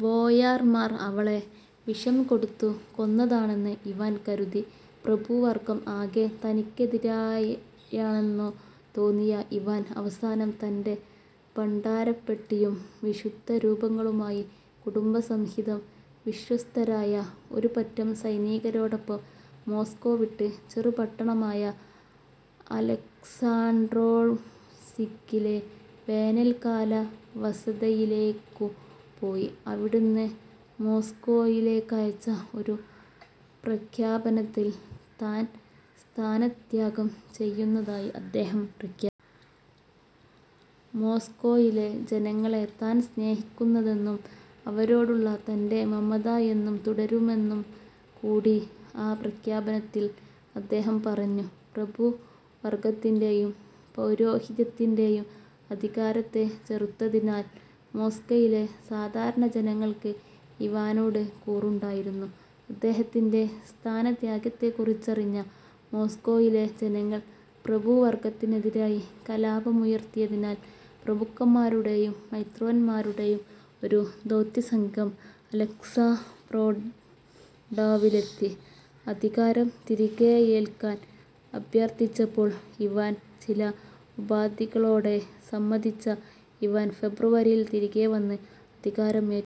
ബോയാർമാർ അവളെ വിഷം കൊടുത്തു കൊന്നതാണെന്ന് ഇവാൻ കരുതി. പ്രഭുവർഗ്ഗം ആകെ തനിക്കെതിരായെന്നു തോന്നിയ ഇവാൻ, അവസാനം തന്റെ ഭണ്ഡാരപ്പെട്ടിയും വിശുദ്ധരൂപങ്ങളുമായി കുടുംബസഹിതം വിശ്വസ്തരായ ഒരുപറ്റം സൈനികരോടൊപ്പം മോസ്കോ വിട്ട്, ചെറുപട്ടണമായ അലക്സാണ്ഡ്രോവ്സ്കിലെ വേനൽക്കാലവസതയിലേയ്ക്കു പോയി. അവിടന്ന് മോസ്കോയിലേയ്ക്കയച്ച ഒരു പ്രഖ്യാപനത്തിൽ, താൻ സ്ഥാനത്യാഗം ചെയ്യുന്നതായി അദ്ദേഹം പ്രഖ്യാപിച്ചു. മോസ്കോയിലെ ജനങ്ങളെ താൻ സ്നേഹിക്കുന്നെന്നും അവരോടുള്ള തന്റെ മമത എന്നും തുടരുമെന്നും കൂടി ആ പ്രഖ്യാപനത്തിൽ അദ്ദേഹം പറഞ്ഞു. പ്രഭുവർഗത്തിന്റേയും പൗരോഹിത്യത്തിന്റേയും അധികാരത്തെ ചെറുത്തതിനാൽ മോസ്കോയിലെ സാധാരണജനങ്ങൾക്ക് ഇവാനോട് കൂറുണ്ടായിരുന്നു. അദ്ദേഹത്തിന്റെ സ്ഥാനത്യാഗത്തെക്കുറിച്ചറിഞ്ഞ മോസ്കോയിലെ ജനങ്ങൾ പ്രഭുവർഗ്ഗത്തിനെതിരായി കലാപമുയർത്തിയതിനാൽ, പ്രഭുക്കന്മാരുടേയും മെത്രാന്മാരുടേയും ഒരു ദൗത്യസംഘം അലക്സാണ്ഡ്രോവിലെത്തി അധികാരം തിരികെയേൽക്കാൻ അഭ്യർത്ഥിച്ചപ്പോൾ ഇവാൻ ചില ഉപാധികളോടെ സമ്മതിച്ച ഇവാൻ ഫെബ്രുവരിയിൽ തിരികെ വന്ന് അധികാരം ഏറ്റെടുത്തു.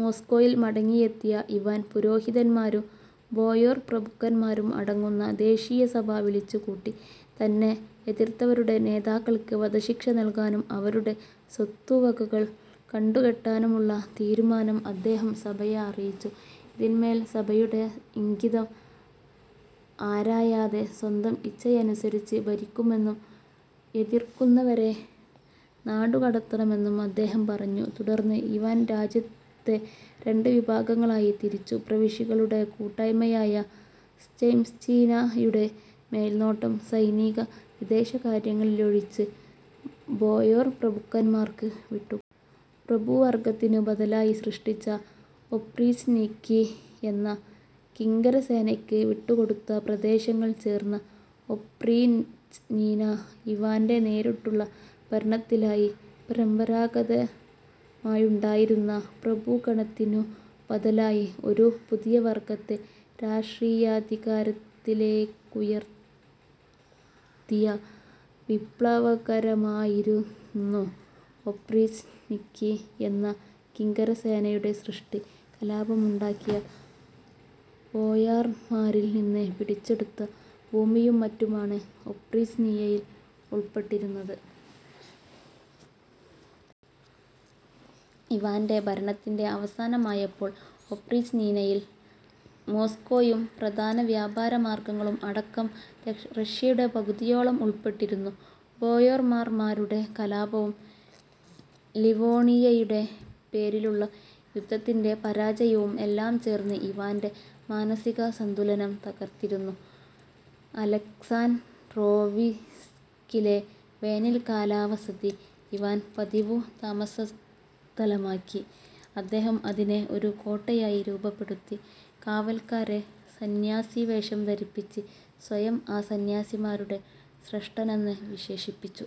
മോസ്കോയിൽ മടങ്ങിയെത്തിയ ഇവാൻ പുരോഹിതന്മാരും ബോയാർപ്രഭുക്കന്മാരും അടങ്ങുന്ന ദേശീയസഭ വിളിച്ചുകൂട്ടി. തന്നെ എതിർത്തവരുടെ നേതാക്കൾക്ക് വധശിക്ഷ നൽകാനും അവരുടെ സ്വത്തുവകകൾ കണ്ടുകെട്ടാനുമുള്ള തീരുമാനം അദ്ദേഹം സഭയെ അറിയിച്ചു. ഇനിമേൽ സഭയുടെ ഇംഗിതം ആരായാതെ സ്വന്തം ഇച്ഛയനുസരിച്ച് ഭരിക്കുമെന്നും എതിർക്കുന്നവരെ നാടുകടത്തുമെന്നും അദ്ദേഹം പറഞ്ഞു. തുടർന്ന് ഇവാൻ രാജ്യത്തെ രണ്ടു വിഭാഗങ്ങളായി തിരിച്ചു: പ്രവിശ്യകളുടെ കൂട്ടായ്മയായ സെംസ്റ്റ്ഛീന-യുടെ മേൽനോട്ടം, സൈനിക-വിദേശകാര്യങ്ങളിലൊഴിച്ച്, ബോയാർ പ്രഭുക്കന്മാർക്ക് വിട്ടുകൊടുത്തു. പ്രഭു വർഗത്തിനു ബദലായി സൃഷ്ടിച്ച ഒപ്രീച്ച്നിക്കി എന്ന കിങ്കരസേനയ്ക്ക് വിട്ടുകൊടുത്ത പ്രദേശങ്ങൾ ചേർന്ന ഒപ്രീച്ച്നീന, ഇവാന്റെ നേരിട്ടുള്ള ഭരണത്തിലായി. പരമ്പാരാഗതമായുണ്ടായിരുന്ന പ്രഭുഗണത്തിനു ബദലായി ഒരു പുതിയ വർഗ്ഗത്തെ രാഷ്ടീയാധികാരത്തിലേക്കുയർത്തിയ വിപ്ലവകരമായിരുന്നു ഒപ്രീച്ച്നിക്കി എന്ന കിങ്കരസേനയുടെ സൃഷ്ടി. കലാപമുണ്ടാക്കിയ ബോയാർമാരിൽ നിന്ന് പിടിച്ചെടുത്ത ഭൂമിയും മറ്റുമാണ് ഒപ്രീച്ച്നീനയിൽ ഉൾപ്പെട്ടിരുന്നത്. ഇവാന്റെ ഭരണത്തിന്റെ അവസാനമായപ്പോൾ, ഒപ്രീച്ച്നീനയിൽ, മോസ്കോയും, പ്രധാനവ്യാപാരമാർഗ്ഗങ്ങളും അടക്കം, റഷ്യയുടെ പകുതിയോളം ഉൾപ്പെട്ടിരുന്നു. ബോയാർമാർമാരുടെ കലാപവും, ലിവോണിയയുടെ പേരിലുള്ള യുദ്ധത്തിന്റെ പരാജയവും എല്ലാം ചേർന്ന് ഇവാന്റെ മാനസികസന്തുലനം തകർത്തിരുന്നു. അലക്സാൻഡ്രോവിസ്കിലെ വേനൽക്കാലവസതി ഇവാൻ പതിവു താമസസ്ഥലമാക്കി. അദ്ദേഹം അതിനെ ഒരു കോട്ടയായി രൂപപ്പെടുത്തി. കാവൽക്കാരെ സന്യാസിവേഷം ധരിപ്പിച്ച് സ്വയം ആ സന്യാസിമാരുടെ ശ്രേഷ്ഠനെന്ന് വിശേഷിപ്പിച്ചു.